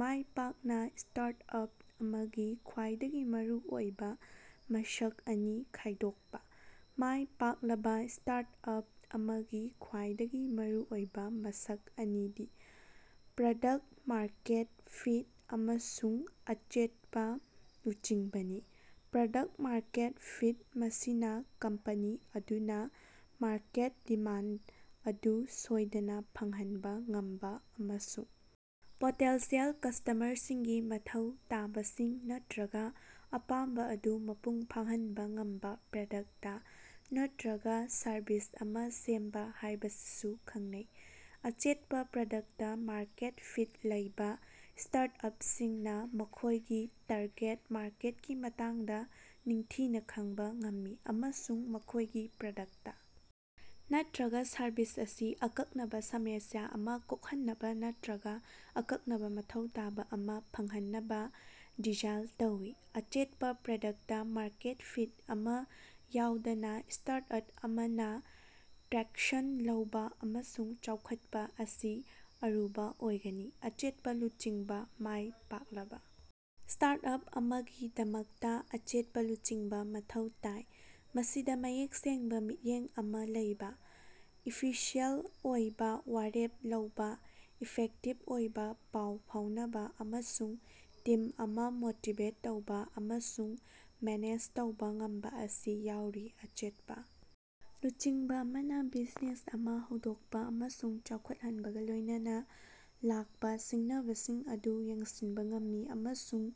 ꯃꯥꯏꯄꯥꯛꯅ startup ꯑꯃꯒꯤ ꯈ꯭ꯋꯥꯏꯗꯒꯤ ꯃꯔꯨꯑꯣꯏꯕ ꯃꯁꯛ ꯑꯅꯤ ꯈꯥꯏꯗꯣꯛꯄ꯫ ꯃꯥꯏ ꯄꯥꯛꯂꯕ ꯁ꯭ꯇꯥꯔꯠꯑꯞ ꯑꯃꯒꯤ ꯈ꯭ꯋꯥꯏꯗꯒꯤ ꯃꯔꯨꯑꯣꯏꯕ ꯃꯁꯛ ꯑꯅꯤꯗꯤ ꯄ꯭ꯔꯗꯛꯇ-ꯃꯥꯔꯀꯦꯠ ꯐꯤꯠ ꯑꯃꯁꯨꯡ ꯑꯆꯦꯠꯄ ꯂꯨꯆꯤꯡꯕꯅꯤ꯫ ꯄ꯭ꯔꯗꯛꯇ-ꯃꯥꯔꯀꯦꯠ ꯐꯤꯠ: ꯃꯁꯤꯅ ꯀꯝꯄꯅꯤ ꯑꯗꯨꯅ ꯃꯥꯔꯀꯦꯠ ꯗꯤꯃꯥꯟꯗ ꯑꯗꯨ ꯁꯣꯏꯗꯅ ꯐꯪꯍꯟꯕ ꯉꯝꯕ ꯑꯃꯁꯨꯡ ꯄꯣꯇꯦꯟꯁꯤꯑꯦꯜ ꯀꯁ꯭ꯇꯃꯔꯁꯤꯡꯒꯤ ꯃꯊꯧ ꯇꯥꯕꯁꯤꯡ ꯅꯠꯇ꯭ꯔꯒ ꯑꯄꯥꯝꯕ ꯑꯗꯨ ꯃꯄꯨꯡ ꯐꯥꯍꯟꯕ ꯉꯝꯕ ꯄ꯭ꯔꯗꯛꯇ ꯅꯠꯇ꯭ꯔꯒ ꯁꯔꯚꯤꯁ ꯑꯃ ꯁꯦꯝꯕ ꯍꯥꯏꯕꯁꯤꯕꯨ ꯈꯪꯅꯩ꯫ ꯑꯆꯦꯠꯄ ꯄ꯭ꯔꯗꯛꯇ-ꯃꯥꯔꯀꯦꯠ ꯐꯤꯠ ꯂꯩꯕ ꯁ꯭ꯇꯥꯔꯇꯑꯄꯁꯤꯡꯅ ꯃꯈꯣꯏꯒꯤ ꯇꯥꯔꯒꯦꯠ ꯃꯥꯔꯀꯦꯠꯀꯤ ꯃꯇꯥꯡꯗ ꯅꯤꯡꯊꯤꯅ ꯈꯪꯕ ꯉꯝꯃꯤ ꯫ ꯑꯃꯁꯨꯡ ꯃꯈꯣꯏꯒꯤ ꯄ꯭ꯔꯗꯛꯇ ꯅꯠꯇ꯭ꯔꯒ ꯁꯔꯕꯤꯁ ꯑꯁꯤ ꯑꯀꯛꯅꯕ ꯁꯃꯁ꯭ꯌꯥ ꯑꯃ ꯀꯣꯛꯍꯟꯅꯕ ꯅꯠꯇ꯭ꯔꯒ ꯑꯀꯛꯅꯕ ꯃꯊꯧ ꯇꯥꯕ ꯑꯃ ꯐꯪꯍꯟꯅꯕ ꯗꯤꯖꯥꯏꯟ ꯇꯧꯏ꯫ ꯑꯆꯦꯠꯄ ꯄ꯭ꯔꯗꯛꯇ-ꯃꯥꯔꯀꯦꯠ ꯐꯤꯠ ꯑꯃ ꯌꯥꯎꯗꯅ ꯁ꯭ꯇꯥꯔꯇꯑꯞ ꯑꯃꯅ ꯇ꯭ꯔꯦꯛꯁꯟ ꯂꯧꯕ ꯑꯃꯁꯨꯡ ꯆꯥꯎꯈꯠꯄ ꯑꯁꯤ ꯑꯔꯨꯕ ꯑꯣꯏꯒꯅꯤ꯫ ꯑꯆꯦꯠꯄ ꯂꯨꯆꯤꯡꯕ: ꯃꯥꯏ ꯄꯥꯛꯂꯕ ꯁ꯭ꯇꯥꯔꯇꯑꯞ ꯑꯃꯒꯤꯗꯃꯛꯇ ꯑꯆꯦꯠꯄ ꯂꯨꯆꯤꯡꯕ ꯃꯊꯧ ꯇꯥꯏ꯫ ꯃꯁꯤꯗ ꯃꯌꯦꯛ ꯁꯦꯡꯕ ꯃꯤꯠꯌꯦꯡ ꯑꯃ ꯂꯩꯕ,, ꯏꯐꯤꯁꯤꯌꯦꯜ ꯑꯣꯏꯕꯥ ꯋꯥꯔꯦꯞ ꯂꯧꯕ, ꯏꯐꯦꯛꯇꯤꯕ ꯑꯣꯏꯕ ꯄꯥꯎ ꯐꯥꯎꯅꯕ, ꯑꯃꯁꯨꯡ ꯇꯤꯝ ꯑꯃ ꯃꯣꯇꯤꯕꯦꯠ ꯇꯧꯕ ꯑꯃꯁꯨꯡ ꯃꯦꯅꯦꯖ ꯇꯧꯕ ꯉꯝꯕ ꯑꯁꯤ ꯌꯥꯎꯔꯤ꯫ ꯑꯆꯦꯠꯄ ꯂꯨꯆꯤꯡꯕ ꯑꯃꯅ ꯕꯤꯖꯤꯅꯦꯁ ꯑꯃ ꯍꯧꯗꯣꯛꯄ ꯑꯃꯁꯨꯡ ꯆꯥꯎꯈꯠꯍꯟꯕꯒ ꯂꯣꯏꯅꯅ ꯂꯥꯛꯄ ꯁꯤꯡꯅꯕꯁꯤꯡ ꯑꯗꯨ ꯌꯦꯡꯁꯤꯟꯕ ꯉꯝꯃꯤ꯫ ꯑꯃꯁꯨꯡ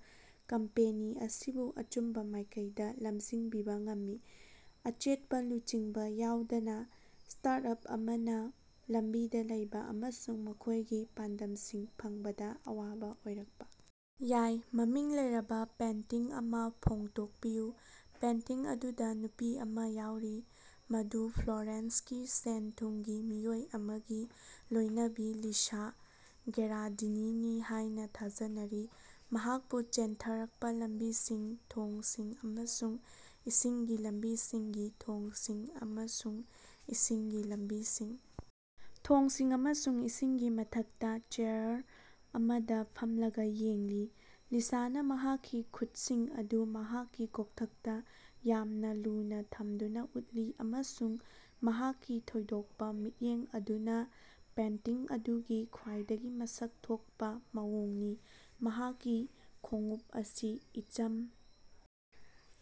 ꯀꯝꯄꯦꯅꯤ ꯑꯁꯤꯕꯨ ꯑꯆꯨꯝꯕ ꯃꯥꯏꯀꯩꯗ ꯂꯃꯖꯤꯡꯕꯤꯕ ꯉꯝꯃꯤ꯫ ꯑꯆꯦꯠꯄ ꯂꯨꯆꯤꯡꯕ ꯌꯥꯎꯗꯅ ꯁ꯭ꯇꯥꯔꯇꯑꯞ ꯑꯃꯅ ꯂꯝꯕꯤꯗ ꯂꯩꯕ ꯑꯃꯁꯨꯡ ꯃꯈꯣꯏꯒꯤ ꯄꯥꯟꯗꯝꯁꯤꯡ ꯐꯪꯕꯗ ꯑꯋꯥꯕ ꯑꯣꯏꯔꯛꯄ ꯌꯥꯏ꯫ ꯃꯃꯤꯡ ꯂꯩꯔꯕ ꯄꯦꯟꯇꯤꯡ ꯑꯃ ꯐꯣꯡꯗꯣꯛꯄꯤꯌꯨ꯫ ꯄꯦꯟꯇꯤꯡ ꯑꯗꯨꯗ ꯅꯨꯄꯤ ꯑꯃ ꯌꯥꯎꯔꯤ꯫ ꯃꯗꯨ ꯐ꯭ꯂꯣꯔꯦꯟꯁꯀꯤ ꯁꯦꯜ ꯊꯨꯝꯒꯤ ꯃꯤꯑꯣꯏ ꯑꯃꯒꯤ ꯂꯣꯏꯅꯕꯤ ꯂꯤꯁꯥ ꯒꯦꯔꯥꯗꯤꯅꯤꯅꯤ ꯍꯥꯏꯅ ꯊꯥꯖꯅꯔꯤ꯫ ꯃꯍꯥꯛꯄꯨ ꯆꯦꯟꯊꯔꯛꯄ ꯂꯝꯕꯤꯁꯤꯡ, ꯊꯣꯡꯁꯤꯡ ꯑꯃꯁꯨꯡ ꯏꯁꯤꯡꯒꯤ ꯂꯝꯕꯤꯁꯤꯡ, ꯊꯣꯡꯁꯤꯡ ꯑꯃꯁꯨꯡ ꯏꯁꯤꯡꯒꯤ ꯂꯝꯕꯤꯁꯤꯡ, ꯊꯣꯡꯁꯤꯡ ꯑꯃꯁꯨꯡ ꯏꯁꯤꯡꯒꯤ ꯃꯊꯛꯇꯥ ꯆꯦꯌꯔ ꯑꯃꯗ ꯐꯝꯂꯒ ꯌꯦꯡꯂꯤ꯫ ꯂꯤꯁꯥꯅꯥ ꯃꯍꯥꯛꯀꯤ ꯃꯈꯨꯠꯁꯤꯡ ꯑꯗꯨ ꯃꯍꯥꯛꯀꯤ ꯀꯣꯛꯊꯛꯇ ꯌꯥꯝꯅ ꯂꯨꯅ ꯊꯝꯗꯨꯅ ꯎꯠꯂꯤ꯫ ꯑꯃꯁꯨꯡ ꯃꯍꯥꯛꯀꯤ ꯊꯣꯏꯗꯣꯛꯄ ꯃꯤꯠꯌꯦꯡ ꯑꯗꯨꯅ ꯄꯦꯟꯇꯤꯡ ꯑꯗꯨꯒꯤ ꯈ꯭ꯋꯥꯏꯗꯒꯤ ꯃꯁꯛ ꯊꯣꯛꯄ ꯃꯑꯣꯡꯅꯤ꯫ ꯃꯍꯥꯛꯀꯤ ꯈꯣꯡꯎꯞ ꯑꯁꯤ ꯏꯆꯝ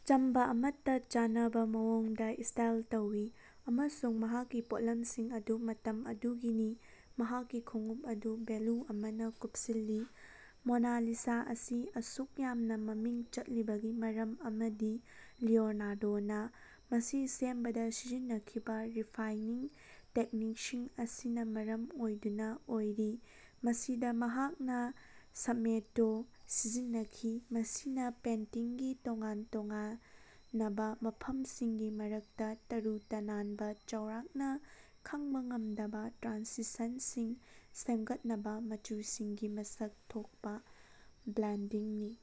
ꯆꯝꯕ ꯑꯃꯠꯇ ꯆꯥꯟꯅꯕ ꯃꯑꯣꯡꯗ ꯁ꯭ꯇꯥꯏꯜ ꯇꯧꯏ ꯑꯃꯁꯨꯡ ꯃꯍꯥꯛꯀꯤ ꯄꯣꯠꯂꯝꯁꯤꯡ ꯑꯗꯨ ꯃꯇꯝ ꯑꯗꯨꯒꯤꯅꯤ ꯃꯍꯥꯛꯀꯤ ꯈꯣꯡꯎꯞ ꯑꯗꯨ ꯚꯦꯜꯌꯨ ꯑꯃꯅ ꯀꯨꯄꯁꯤꯜꯂꯤ꯫ ꯃꯣꯅꯥꯂꯤꯁꯥ ꯑꯁꯤ ꯑꯁꯨꯛ ꯌꯥꯝꯅ ꯃꯃꯤꯡ ꯆꯠꯂꯤꯕꯒꯤ ꯃꯔꯝ ꯑꯃꯗꯤ ꯂꯤꯑꯣꯅꯥꯔꯗꯣꯅꯥ ꯃꯁꯤ ꯁꯦꯝꯕꯗ ꯁꯤꯖꯤꯟꯅꯈꯤꯕ ꯔꯤꯐꯥꯏꯅꯤꯡ ꯇꯦꯛꯅꯤꯛꯁꯤꯡ ꯑꯁꯤꯅ ꯃꯔꯝ ꯑꯣꯏꯗꯨꯅ ꯑꯣꯏꯔꯤ꯫ ꯃꯁꯤꯗ ꯃꯍꯥꯛꯅ ꯁ꯭ꯐꯨꯃꯦꯇꯣ ꯁꯤꯖꯤꯟꯅꯈꯤ꯫ ꯃꯁꯤꯅꯥ ꯄꯦꯟꯇꯤꯡꯒꯤ ꯇꯣꯉꯥꯟ ꯇꯣꯉꯥꯅꯕꯥ ꯃꯐꯝꯁꯤꯡꯒꯤ ꯃꯔꯛꯇ ꯇꯔꯨ ꯇꯅꯥꯟꯕ ꯆꯥꯎꯔꯥꯛꯅ ꯈꯪꯕ ꯉꯝꯗꯕ ꯇ꯭ꯔꯥꯟꯁꯤꯁꯟꯁꯤꯡ ꯁꯦꯝꯒꯠꯅꯕ ꯃꯆꯨꯁꯤꯡꯒꯤ ꯃꯁꯛ ꯊꯣꯛꯄ ꯕ꯭ꯂꯦꯟꯗꯤꯡꯅꯤ꯫.